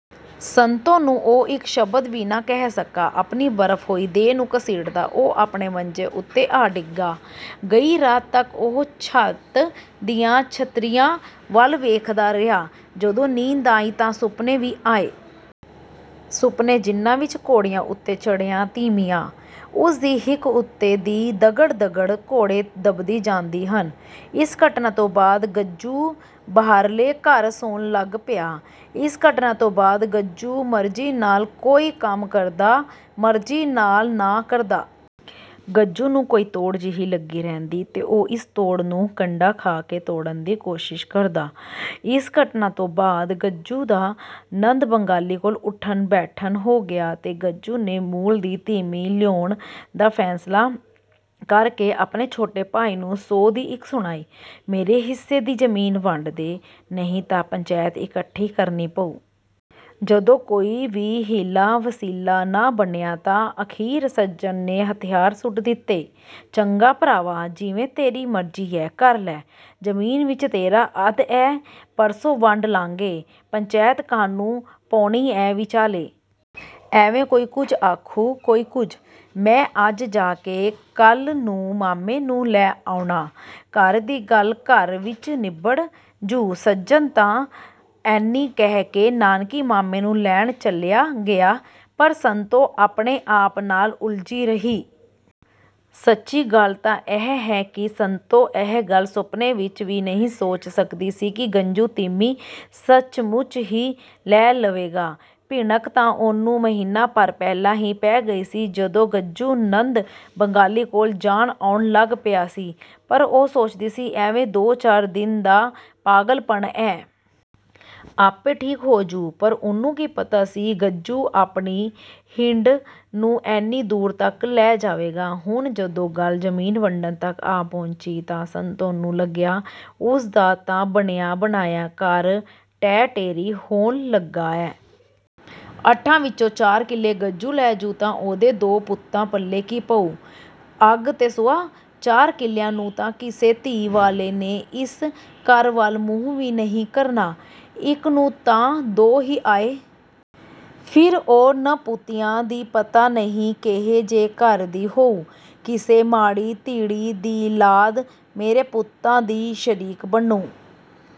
ਸੰਤੋ ਨੂੰ ਉਹ ਇੱਕ ਸ਼ਬਦ ਵੀ ਨਾ ਕਹਿ ਸਕਿਆ। ਆਪਣੀ ਬਰਫ਼ ਹੋਈ ਦੇਹ ਨੂੰ ਘਸੀਟਦਾ ਉਹ ਆਪਣੇ ਮੰਜੇ ਉੱਤੇ ਆ ਡਿੱਗਾ। ਗਈ ਰਾਤ ਤੱਕ ਉਹ ਛੱਤ ਦੀਆਂ ਛਤੀਰੀਆਂ ਵੱਲ ਵੇਖਦਾ ਰਿਹਾ। ਜਦੋਂ ਨੀਂਦ ਆਈ ਤਾਂ ਸੁਪਨੇ ਵੀ ਆਏ। ਸੁਪਨੇ, ਜਿਨ੍ਹਾਂ ਵਿੱਚ ਘੋੜਿਆਂ ਉੱਤੇ ਚੜ੍ਹੀਆਂ ਤੀਮੀਆਂ, ਉਸ ਦੀ ਹਿੱਕ ਉੱਤੋਂ ਦੀ ਦਗੜ-ਦਗੜ ਘੋੜੇ ਦਬੱਲੀ ਜਾਂਦੀਆਂ ਹਨ। ਇਸ ਘਟਨਾ ਤੋਂ ਬਾਅਦ ਗੱਜੂ ਬਾਹਰਲੇ ਘਰ ਸੌਣ ਲੱਗ ਪਿਆ। ਇਸ ਘਟਨਾ ਤੋਂ ਬਾਅਦ ਗੱਜੂ ਮਰਜ਼ੀ ਨਾਲ ਕੋਈ ਕੰਮ ਕਰਦਾ, ਮਰਜ਼ੀ ਨਾਲ ਨਾ ਕਰਦਾ। ਗੱਜੂ ਨੂੰ ਕੋਈ ਤੋੜ ਜਿਹੀ ਲੱਗੀ ਰਹਿੰਦੀ ਤੇ ਉਹ ਇਸ ਤੋੜ ਨੂੰ ਕੰਡਾ ਖਾ ਕੇ ਤੋੜਨ ਦੀ ਕੋਸ਼ਿਸ਼ ਕਰਦਾ। ਇਸ ਘਟਨਾ ਤੋਂ ਬਾਅਦ ਗੱਜੂ ਦਾ ਨੰਦ ਬੰਗਾਲੀ ਕੋਲ ਉੱਠਣ-ਬੈਠਣ ਹੋ ਗਿਆ ਤੇ ਗੱਜੂ ਨੇ ਮੁੱਲ ਦੀ ਤੀਮੀਂ ਲਿਆਉਣ ਦਾ ਫ਼ੈਸਲਾ ਕਰ ਕੇ ਆਪਣੇ ਛੋਟੇ ਭਾਈ ਨੂੰ ਸੌ ਦੀ ਇੱਕ ਸੁਣਾਈ, “ਮੇਰੇ ਹਿੱਸੇ ਦੀ ਜ਼ਮੀਨ ਵੰਡ ਦੇਹ, ਨਹੀਂ ਤਾਂ ਪੰਚੈਤ ਇਕੱਠੀ ਕਰਨੀ ਪਊ।” ਜਦੋਂ ਕੋਈ ਵੀ ਹੀਲਾ-ਵਸੀਲਾ ਨਾ ਬਣਿਆ ਤਾਂ ਅਖ਼ੀਰ ਸੱਜਣ ਨੇ ਹਥਿਆਰ ਸੁੱਟ ਦਿੱਤੇ। “ਚੰਗਾ ਭਰਾਵਾ, ਜਿਵੇਂ ਤੇਰੀ ਮਰਜ਼ੀ ਐ, ਕਰ ਲੈ। ਜ਼ਮੀਨ ਵਿੱਚ ਤੇਰਾ ਅੱਧ ਐ। ਪਰਸੋਂ ਵੰਡ ਲਾਂਗੇ। ਪੰਚੈਤ ਕਾਹਨੂੰ ਪਾਉਣੀ ਐ ਵਿਚਾਲੇ। ਐਵੇਂ ਕੋਈ ਕੁਝ ਆਖੂ, ਕੋਈ ਕੁਝ। ਮੈਂ ਅੱਜ ਜਾ ਕੇ ਕੱਲ੍ਹ ਨੂੰ ਮਾਮੇ ਨੂੰ ਲੈ ਆਉਣਾ। ਘਰ ਦੀ ਗੱਲ ਘਰ ਵਿੱਚ ਨਿਬੜ ਜੂ।” ਸੱਜਣ ਤਾਂ ਐਨੀ ਕਹਿ ਕੇ ਨਾਨਕੀਂ ਮਾਮੇ ਨੂੰ ਲੈਣ ਚਲਿਆ ਗਿਆ, ਪਰ ਸੰਤੋ ਆਪਣੇ ਆਪ ਨਾਲ ਉਲਝੀ ਰਹੀ। ਸੱਚੀ ਗੱਲ ਤਾਂ ਇਹ ਹੈ ਕਿ ਸੰਤੋ ਇਹ ਗੱਲ ਸੁਪਨੇ ਵਿੱਚ ਵੀ ਨਹੀਂ ਸੀ ਸੋਚ ਸਕਦੀ ਕਿ ਗੱਜੂ ਤੀਮੀਂ ਸੱਚਮੁੱਚ ਹੀ ਲੈ ਆਵੇਗਾ। ਭਿਣਕ ਤਾਂ ਉਹਨੂੰ ਮਹੀਨਾ ਭਰ ਪਹਿਲਾਂ ਹੀ ਪੈ ਗਈ ਸੀ, ਜਦੋਂ ਗੱਜੂ ਨੰਦ ਬੰਗਾਲੀ ਕੋਲ ਜਾਣ-ਆਉਣ ਲੱਗ ਪਿਆ ਸੀ, ਪਰ ਉਹ ਸੋਚਦੀ ਸੀ, “ਐਵੇਂ ਦੋ-ਚਾਰ ਦਿਨ ਦਾ ਪਾਲਗਪਣ ਐ। ਆਪੇ ਠੀਕ ਹੋ ਜੂ।” ਪਰ ਉਹਨੂੰ ਕੀ ਪਤਾ ਸੀ, ਗੱਜੂ ਆਪਣੀ ਹਿੰਡ ਨੂੰ ਐਨੀ ਦੂਰ ਤੱਕ ਲੈ ਜਾਵੇਗਾ। ਹੁਣ ਜਦੋਂ ਗੱਲ ਜ਼ਮੀਨ ਵੰਡਣ ਤੱਕ ਆ ਪਹੁੰਚੀ ਤਾਂ ਸੰਤੋ ਨੂੰ ਲੱਗਿਆ, ਉਸ ਦਾ ਤਾਂ ਬਣਿਆ-ਬਣਾਇਆ ਘਰ ਢਹਿ-ਢੇਰੀ ਹੋਣ ਲੱਗਾ ਐ। ਅੱਠਾਂ ਵਿੱਚੋਂ ਚਾਰ ਕਿਲੇ ਗੱਜੂ ਲੈ ਜੂ ਤਾਂ ਉਹਦੇ ਦੋ ਪੁੱਤਾਂ ਪੱਲੇ ਕੀ ਪਊ? ਅੱਗ ਤੇ ਸੁਆਹ? ਚਾਰ ਕਿੱਲਿਆਂ ਨੂੰ ਤਾਂ ਕਿਸੇ ਧੀ ਵਾਲੇ ਨੇ ਇਸ ਘਰ ਵੱਲ ਮੂੰਹ ਵੀ ਨਹੀਂ ਕਰਨਾ। ਇੱਕ ਨੂੰ ਤਾਂ ਦੋ ਹੀ ਆਏ। ਫਿਰ ਉਹ ਨਪੁੱਤਿਆਂ ਦੀ ਪਤਾ ਨਹੀਂ ਕੇਹੇ ਜੇ ਘਰ ਦੀ ਹੋਊ। ਕਿਸੇ ਮਾੜੀ-ਧੀੜੀ ਦੀ ਲਾਦ ਮੇਰੇ ਪੁੱਤਾਂ ਦੀ ਸ਼ਰੀਕ ਬਣੂੰ।